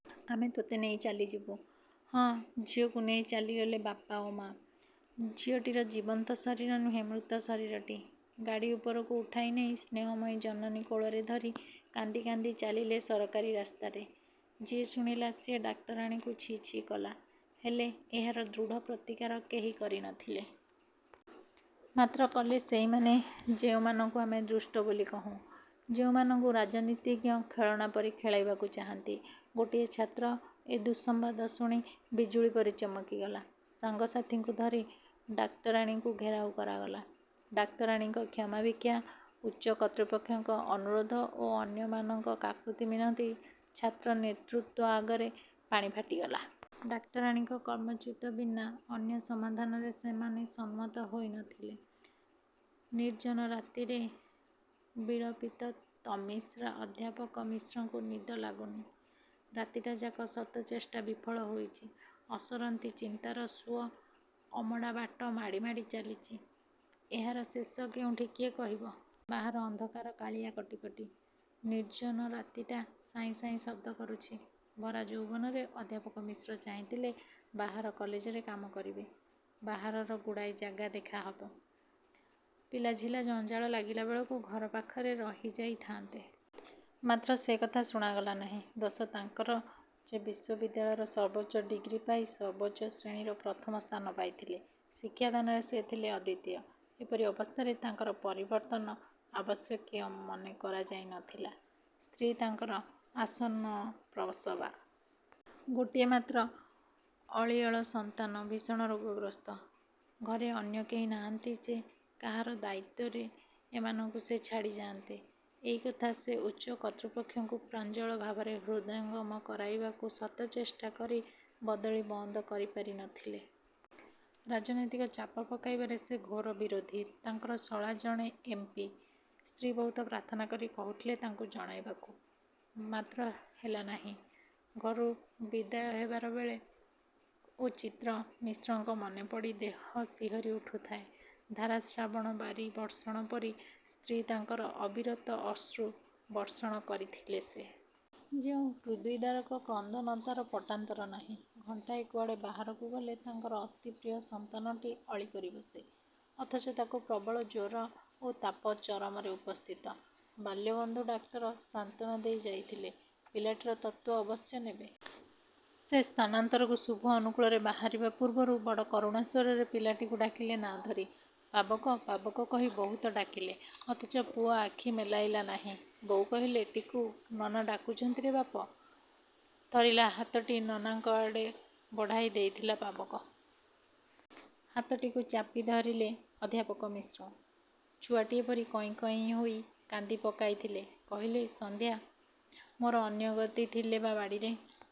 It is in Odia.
ଆମେ ତତେ ନେଇ ଚାଲିଯିବୁ। ହଁ, ଝିଅକୁ ନେଇ ଚାଲିଗଲେ ବାପା ଓ ମା। ଝିଅଟିର ଜୀବନ୍ତ ଶରୀର ନୁହେଁ ମୃତ ଶରୀରଟି। ଗାଡ଼ି ଉପରକୁ ଉଠାଇ ନେଇ ସ୍ନେହମୟୀ ଜନନୀ କୋଳରେ ଧରି କାନ୍ଦି କାନ୍ଦି ଚାଲିଲେ ସରକାରୀ ରାସ୍ତାରେ। ଯିଏ ଶୁଣିଲା, ସିଏ ଡାକ୍ତରାଣୀଙ୍କୁ ଛି ଛି କଲା, ହେଲେ ଏହାର ଦୃଢ଼ ପ୍ରତିକାର କେହି କରି ନ ଥିଲେ। ମାତ୍ର କଲେ ସେଇମାନେ, ଯେଉଁମାନଙ୍କୁ ଆମେ ଦୁଷ୍ଟ ବୋଲି କହୁଁ। ଯେଉଁମାନଙ୍କୁ ରାଜନୀତିଜ୍ଞ ଖେଳନା ପରି ଖେଳାଇବାକୁ ଚାହାନ୍ତି। ଗୋଟିଏ ଛାତ୍ର ଏ ଦୁଃସମ୍ବାଦ ଶୁଣି ବିଜୁଳି ପରି ଚମକିଗଲା, ସାଙ୍ଗସାଥୀଙ୍କୁ ଧରି ଡାକ୍ତରାଣୀଙ୍କୁ ଘେରାଉ କରାଗଲା। ଡାକ୍ତରାଣୀଙ୍କ କ୍ଷମାଭିକ୍ଷା, ଉଚ୍ଚ କର୍ତ୍ତୃପକ୍ଷଙ୍କ ଅନୁରୋଧ ଓ ଅନ୍ୟମାନଙ୍କର କାକୁତି ମିନତୀ ଛାତ୍ର ନେତୃତ୍ୱ ଆଗରେ ପାଣି ଫାଟିଗଲା। ଡାକ୍ତରାଣୀଙ୍କ କର୍ମଚ୍ୟୁତ ବିନା ଅନ୍ୟ ସମାଧାନରେ ସେମାନେ ସମ୍ମତ ହୋଇ ନ ଥିଲେ। ନିର୍ଜନ ରାତିର ବିଳପିତ ତମିଶ୍ରା ଅଧ୍ୟାପକ ମିଶ୍ରଙ୍କୁ ନିଦ ଲାଗୁନି। ରାତିଟାଯାକ ଶତଚେଷ୍ଟା ବିଫଳ ହେଇଚି। ଅସରନ୍ତି ଚିନ୍ତାର ସୁଅ ଅମଡ଼ାବାଟ ମାଡ଼ି ମାଡ଼ି ଚାଲିଚି। ଏହାର ଶେଷ କେଉଁଠି, କିଏ କହିବ। ବାହାର ଅନ୍ଧକାର କାଳିଆ କଟି କଟି। ନିର୍ଜନ ରାତିଟା ସାଇଁ ସାଇଁ ଶବ୍ଦ କରୁଚି। ଭରା ଯୌବନରେ ଅଧ୍ୟାପକ ମିଶ୍ର ଚାହିଁଥିଲେ ବାହାର କଲେଜରେ କାମ କରିବେ। ବାହାରର ଗୁଡ଼ାଏ ଜାଗା ଦେଖା ହେବ। ପିଲାଝିଲାର ଜଞ୍ଜାଳ ଲାଗିଲା ବେଳକୁ ଘର ପାଖରେ ରହିଯାଇ ଥାଆନ୍ତେ। ମାତ୍ର ସେ କଥା ଶୁଣାଗଲା ନାହିଁ। ଦୋଷ ତାଙ୍କର ଯେ, ବିଶ୍ୱବିଦ୍ୟାଳୟର ସର୍ବୋଚ୍ଚ ଡ଼ିଗ୍ରୀ, ପାଇ ସର୍ବୋଚ୍ଚ ଶ୍ରେଣୀରେ ପ୍ରଥମ ସ୍ଥାନ ପାଇଥିଲେ। ଶିକ୍ଷାଦାନରେ ସେ ଥିଲେ ଅଦ୍ୱିତୀୟ! ଏପରି ଅବସ୍ଥାରେ ତାଙ୍କ ପରିବର୍ତ୍ତନ ଆବଶ୍ୟକୀୟ ମନେ କରାଯାଇ ନ ଥିଲା। ସ୍ତ୍ରୀ ତାଙ୍କର ଆସନ୍ନପ୍ରସବା। ଗୋଟିଏ ମାତ୍ର ଅଳିଅଳ ସନ୍ତାନ ଭୀଷଣ ରୋଗଗ୍ରସ୍ତ। ଘରେ ଅନ୍ୟ କେହି ନାହାନ୍ତି ଯେ, କାହା ଦାୟିତ୍ୱରେ ଏମାନଙ୍କୁ ସେ ଛାଡ଼ି ଯାଆନ୍ତେ। ଏଇ କଥା ସେ ଉଚ୍ଚ କର୍ତ୍ତୃପକ୍ଷଙ୍କୁ ପ୍ରାଞ୍ଜଳ ଭାବରେ ହୃଦୟଙ୍ଗମ କରାଇବାକୁ ଶତଚେଷ୍ଟା କରି ବଦଳି ବନ୍ଦ କରି ପାରି ନ ଥିଲେ। ରାଜନୈତିକ ଚାପ ପକାଇବାର ସେ ଘୋର ବିରୋଧୀ ତାଙ୍କର ଶଳା ଜଣେ ଏମ୍, ପି,। ସ୍ତ୍ରୀ ବହୁତ ପ୍ରାର୍ଥନା କରି କହିଥିଲେ ତାଙ୍କୁ ଜଣାଇବାକୁ। ମାତ୍ର ହେଲା ନାହିଁ। ଘରୁ ବିଦାୟ ହେବାର ବେଳ ଓ ଚିତ୍ର ମିଶ୍ରଙ୍କ ମନେପଡ଼ି ଦେହ ଶିହରି ଉଠୁଥାଏ। ଧାରାଶ୍ରାବଣର ବାରି ବର୍ଷଣ ପରି ସ୍ତ୍ରୀ ତାଙ୍କର ଅବରିତ ଅଶ୍ରୁ ବର୍ଷଣ କରିଥିଲେ ସେ। ଯେଉଁ ହୃଦ୍ବିଦାରକ କ୍ରନ୍ଦନ ତାର ପଟାନ୍ତର ନାହିଁ। ଘଣ୍ଟାଏ କୁଆଡ଼େ ବାହାରକୁ ଗଲେ ତାଙ୍କର ଅତି ପ୍ରିୟ ସନ୍ତାନଟି ଅଳି କରିବସେ। ଅଥଚ ତାକୁ ପ୍ରବଳ ଜ୍ୱର ଓ ତାପ ଚରମରେ ଉପସ୍ଥିତ। ବାଲ୍ୟବନ୍ଧୁ ଡାକ୍ତର ସାନ୍ତ୍ୱନା ଦେଇ ଯାଇଥିଲେ, ପିଲାଟିର ତତ୍ତ୍ୱ ଅବଶ୍ୟ ନେବେ। ସେ ସ୍ଥାନାନ୍ତରକୁ ଶୁଭ ଅନୁକୂଳରେ ବାହାରିବା ପୂର୍ବରୁ ବଡ଼ କରୁଣ ସ୍ୱରରେ ପିଲାଟିକୁ ଡାକିଲେ ନାଁ ଧରି। 'ପାବକ' 'ପାବକ' କହି ବହୁତ ଡାକିଲେ-। ଅଥଚ ପୁଅ ଆଖି ମେଲାଇଲା ନାହିଁ। ବୋଉ କହିଲେ 'ଟିକୁ', ନନା ଯାଉଚନ୍ତିରେ ବାପ-! ଥରିଲା ହାତଟି ନନାଙ୍କ ଆଡ଼େ ବଢ଼ାଇ ଦେଇଥିଲା ପାବକ। ହାତଟିକୁ ଚାପି ଧରିଲେ ଅଧ୍ୟାପକ ମିଶ୍ର-। ଛୁଆଟିଏ ପରି କଇଁ କଇଁ ହୋଇ କାନ୍ଦି ପକାଇଥିଲେ କହିଲେ—ସନ୍ଧ୍ୟା, ମୋର ଅନ୍ୟଗତି ଥିଲେ ବା ବାଡ଼ିରେ